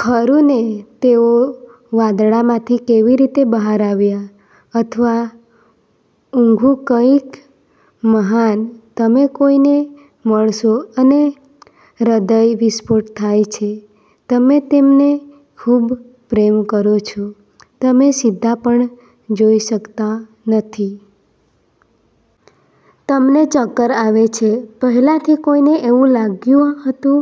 ખરું ને? તેઓ વાદળમાંથી કેવી રીતે બહાર આવ્યા? " અથવા ઊંધુ કંઈક મહાન. તમે કોઈને મળશો અને હૃદય વિસ્ફોટ થાય છે. તમે તેમને ખૂબ પ્રેમ કરો છો, તમે સીધા પણ જોઈ શકતા નથી. તમને ચક્કર આવે છે. "પહેલાં કોઈને એવું લાગ્યું હતું?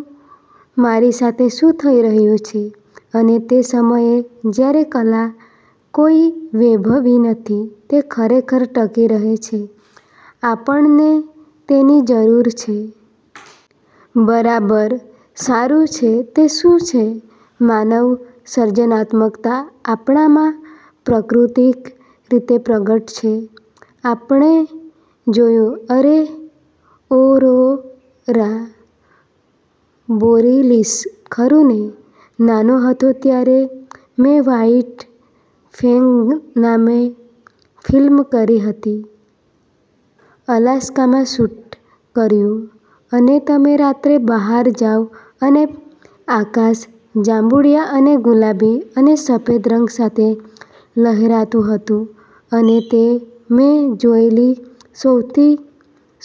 મારી સાથે શું થઈ રહ્યું છે? " અને તે સમયે જ્યારે કલા કોઈ વૈભવી નથી, તે ખરેખર ટકી રહે છે. આપણને તેની જરૂર છે. બરાબર. સારું, તે શું છે? માનવ સર્જનાત્મકતા આપણામાં પ્રાકૃતિક રીતે પ્રગટ છે. આપણે જોયું, અરે... ઓરોરા બોરીલીસ. ખરું ને? નાનો હતો ત્યારે મેં વ્હાઇટ ફેંગ નામે ફિલ્મ કરી હતી, અલાસ્કામાં શૂટ કર્યું, અને તમે રાત્રે બહાર જાવ અને આકાશ જાંબુડિયા અને ગુલાબી અને સફેદ રંગ સાથે લહેરાતું હતું, અને તે મેં જોયેલી સૌથી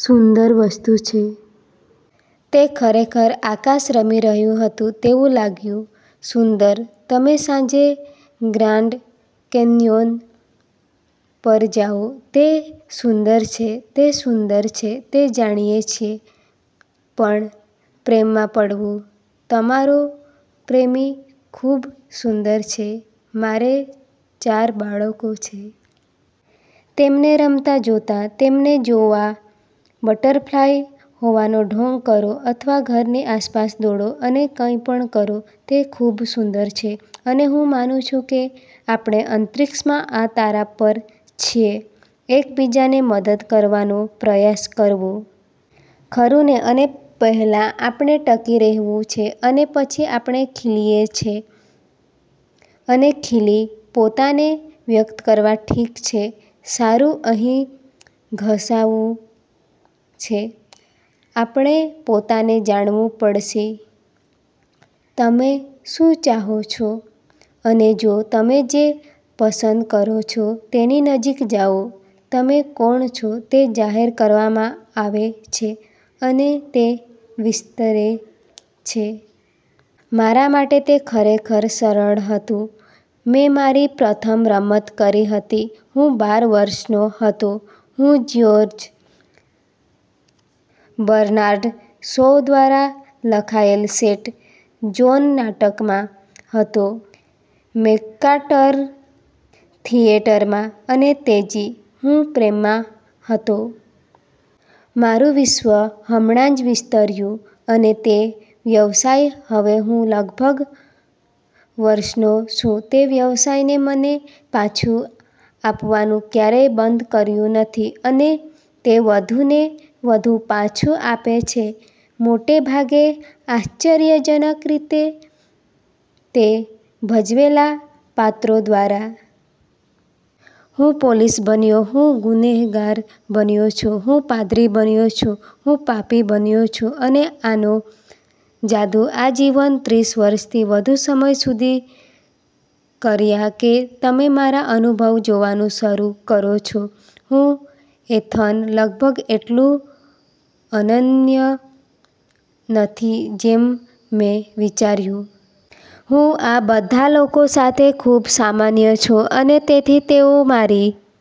સુંદર વસ્તુ છે. તે ખરેખર આકાશ રમી રહ્યું હતું તેવું લાગ્યું. સુંદર. તમે સાંજે ગ્રાન્ડ કેન્યોન પર જાઓ. તે સુંદર છે. તે સુંદર છે તે જાણીએ છીએ. પણ પ્રેમમાં પડવું? તમારો પ્રેમી ખૂબ સુંદર છે. મારે ચાર બાળકો છે. તેમને રમતા જોતા? તેમને જોવા બટરફ્લાય હોવાનો ઢોંગ કરો અથવા ઘરની આસપાસ દોડો અને કંઈ પણ કરો, તે ખુબ સુંદર છે. અને હું માનું છું કે આપણે અંતરિક્ષમાં આ તારા પર છીએ એક બીજાને મદદ કરવાનો પ્રયાસ કરવો. ખરું ને? અને પહેલા આપણે ટકી રહેવું છે, અને પછી આપણે ખીલીએ છે. અને ખીલી, પોતાને વ્યક્ત કરવા, ઠીક છે, સારું, અહીં ઘસાવું છે: આપણે પોતાને જાણવું પડશે. તમે શું ચાહો છો? અને જો તમે જે પસંદ કરો છો તેની નજીક જાઓ, તમે કોણ છો તે જાહેર કરવામાં આવે છે, અને તે વિસ્તરે છે. મારા માટે, તે ખરેખર સરળ હતું. મેં મારી પ્રથમ રમત કરી હતી. હું બાર વર્ષનો હતો. હું જ્યોર્જ બર્નાર્ડ શો દ્વારા લખાયેલ સેંટ જોન નાટકમાં હતો મેકકાર્ટર થિયેટરમાં, અને તેજી! હું પ્રેમમાં હતો. મારું વિશ્વ હમણાં જ વિસ્તર્યું. અને તે વ્યવસાય હવે હું લગભગ વર્ષનો છું તે વ્યવસાયે મને પાછું આપવાનું ક્યારેય બંધ કર્યું નથી, અને તે વધુને વધુ પાછું આપે છે, મોટે ભાગે, આશ્ચર્યજનક રીતે, મેં ભજવેલા પાત્રો દ્વારા. હું પોલીસ બન્યો છુ, હું ગુનેહગાર બન્યો છુ. હું પાદરી બન્યો છુ, હું પાપી બન્યો છુ. અને આનો જાદુ આજીવન, ત્રીસ વર્ષથી વધુ સમય સુધી કર્યો, કે તમે મારા અનુભવ જોવાનું શરુ કરો છો, હું, એથન, લગભગ એટલું અનન્ય નથી જેમ મેં વિચાર્યું. હું આ બધા લોકો સાથે ખૂબ સામાન્ય છું. અને તેથી તેઓ મારી